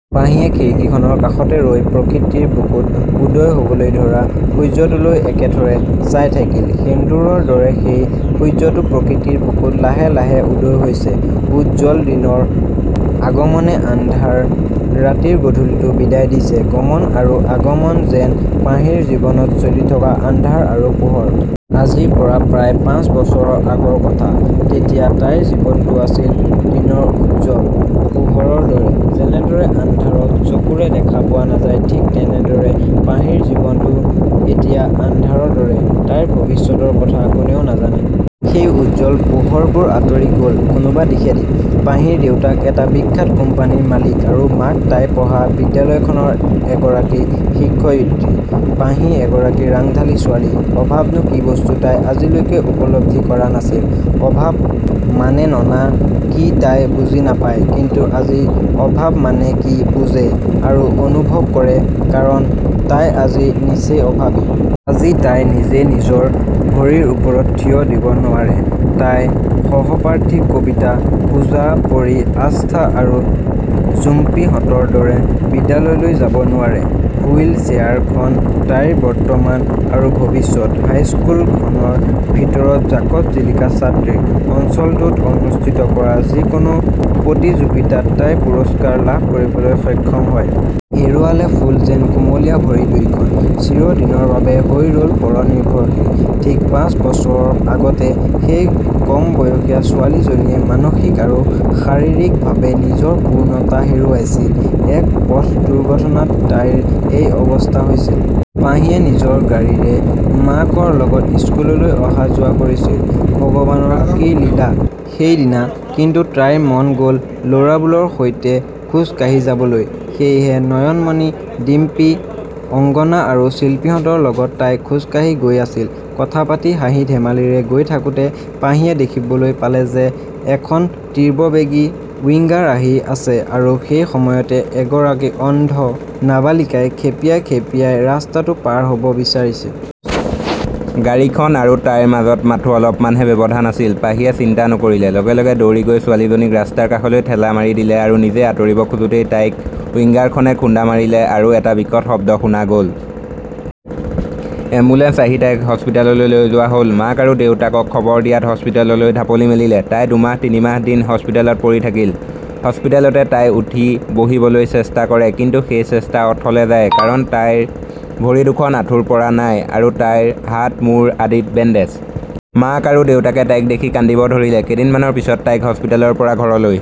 পাহিয়ে খিৰিকীখনৰ কাষতে ৰৈ প্ৰকৃতিৰ বুকুত উদয় হ'বলৈ ধৰা সূৰ্যটোলৈ একেথৰে চাই থাকিল। সেন্দুৰৰ দৰে সেই সূৰ্যটো প্ৰকৃতিৰ বুকুত লাহে লাহে উদয় হৈছে। উজ্জ্বল দিনৰ আগমনে আন্ধাৰ ৰাতিৰ গধূলিটো বিদায় দিছে। গমন আৰু আগমন যেন পাহিৰ জীৱনত চলি থকা আন্ধাৰ আৰু পােহৰ। আজিৰ পৰা প্ৰায় পাঁচ বছৰৰ আগৰ কথা। তেতিয়া তাইৰ জীৱনটো আছিল দিনৰ উজ্জ্বল। পােহৰৰ দৰে। যেনেদৰে আন্ধাৰত চকুৰে দেখা পােৱা নাযায় ঠিক তেনেদৰে পাহিৰ জীৱনটো এতিয়া আন্ধাৰৰ দৰে। তাইৰ ভৱিষ্যতৰ কথা কোনেও নাজানে। সেই উজ্জ্বল পোহৰবােৰ আঁতৰি গ'ল কোনােবা দিশেদি। পাহিৰ দেউতাক এটা বিখ্যাত কোম্পানীৰ মালিক আৰু মাক তাই পঢ়া বিদ্যালয়খনৰ এগৰাকী শিক্ষয়িত্ৰী। পাহি এজনী ৰাংঢালী ছােৱালী। অভাৱনাে কি বস্তু তাই আজিলৈকে উপলব্ধি কৰা নাছিল। অভাৱ মানেননা কি তাই বুজি নাপায়, কিন্তু আজি অভাৱ মানে কি বুজে আৰু অনুভৱ কৰে কাৰণ তাই আজি নিজইে অভাৱী। আজি তাই নিজে নিজৰ ভৰিৰ ওপৰত থিয় দিব নােৱাৰে। তাই সহপাঠী কবিতা, পূজা, পৰী, আস্থা আৰু জুম্পীহঁতৰ দৰে বিদ্যালয়লৈ যাব নােৱাৰে। হুইল চেয়াৰখন তাইৰ বৰ্তমান আৰু ভৱিষ্যত। হাইস্কুলখনৰ ভিতৰত জাকত-জিলিকা ছাত্ৰী। অঞ্চলটোত অনুষ্ঠিত কৰা যিকোনাে প্ৰতিযােগিতাত তাই পুৰস্কাৰ লাভ কৰিবলৈ সক্ষম হয়। হেৰুৱালে ফুল যেন কুমলীয়া ভৰি দুইখন। চিৰদিনৰ বাবে হৈ ৰ'ল পৰ নিৰ্ভৰশীল। ঠিক পাঁচ বছৰৰ আগতে সেই কম বয়সীয়া ছােৱালীজনীয়ে মানসিক আৰু শাৰীৰিকভাৱে নিজৰ পূৰ্ণতা হেৰুৱাইছিল। এক পথ দুৰ্ঘটনাত তাইৰ এই অৱস্থা হৈছিল। পাহিয়ে নিজৰ গাড়ীৰে মাকৰ লগত স্কুললৈ অহা-যােৱা কৰিছিল। ভগৱানৰ কি লীলা। সেইদিনা কিন্তু তাইৰ মন গ'ল লগৰবােৰৰ সৈতে খােজ কাঢ়ি যাবলৈ। সেয়েহে নয়নমণি, ডিম্পী, অংগনা আৰু চিল্পীহঁতৰ লগত তাই খােজকাঢ়ি গৈ আছিল। কথা পাতি, হাঁহি-ধেমালিৰে গৈ থাকোতে পাহিয়ে দেখিবলৈ পালে যে এখন তীব্ৰবেগী উইংগাৰ আহি আছে আৰু সেই সময়তে এগৰাকী অন্ধ নাবালিকাই খেপিয়াই খেপিয়াই ৰাস্তাটো পাৰ হ'ব বিচাৰিছে। গাড়ীখন আৰু তাইৰ মাজত মাথাে, অলপমানহে ব্যৱধান আছিল। পাহিয়ে চিন্তা নকৰিলে, লগে লগে দৌৰি গৈ ছােৱালীজনীক ৰাস্তাৰ কাষলৈ ঠেলা মাৰি দিলে আৰু নিজে আঁতৰিব খােজোতেই তাইক উইংগাৰখনে খুন্দা মাৰিলে আৰু এটা বিকট শব্দ শুনা গ'ল। এম্বুলেঞ্চ আহি তাইক হস্পিতাললৈ লৈ যােৱা হ'ল। মাক আৰু দেউতাকক খবৰ দিয়াত হস্পিতাললৈ ঢাপলি মেলিলে। তাই দুমাহ-তিনিমাহ দিন হস্পিতালত পৰি থাকিল। হস্পিতালতে তাই উঠি বহিবলৈ চেষ্টা কৰে কিন্তু সেই চেষ্টা অথলে যায় কাৰণ তাইৰ ভৰি দুখন আঁঠুৰ পৰা নাই আৰু তাইৰ হাত-মূৰ আদিত বেণ্ডেজ। মাক আৰু দেউতাকে তাইক দেখি কান্দিব ধৰিলে। কেইদিনমানৰ পিছত তাইক হস্পিতালৰ পৰা ঘৰলৈ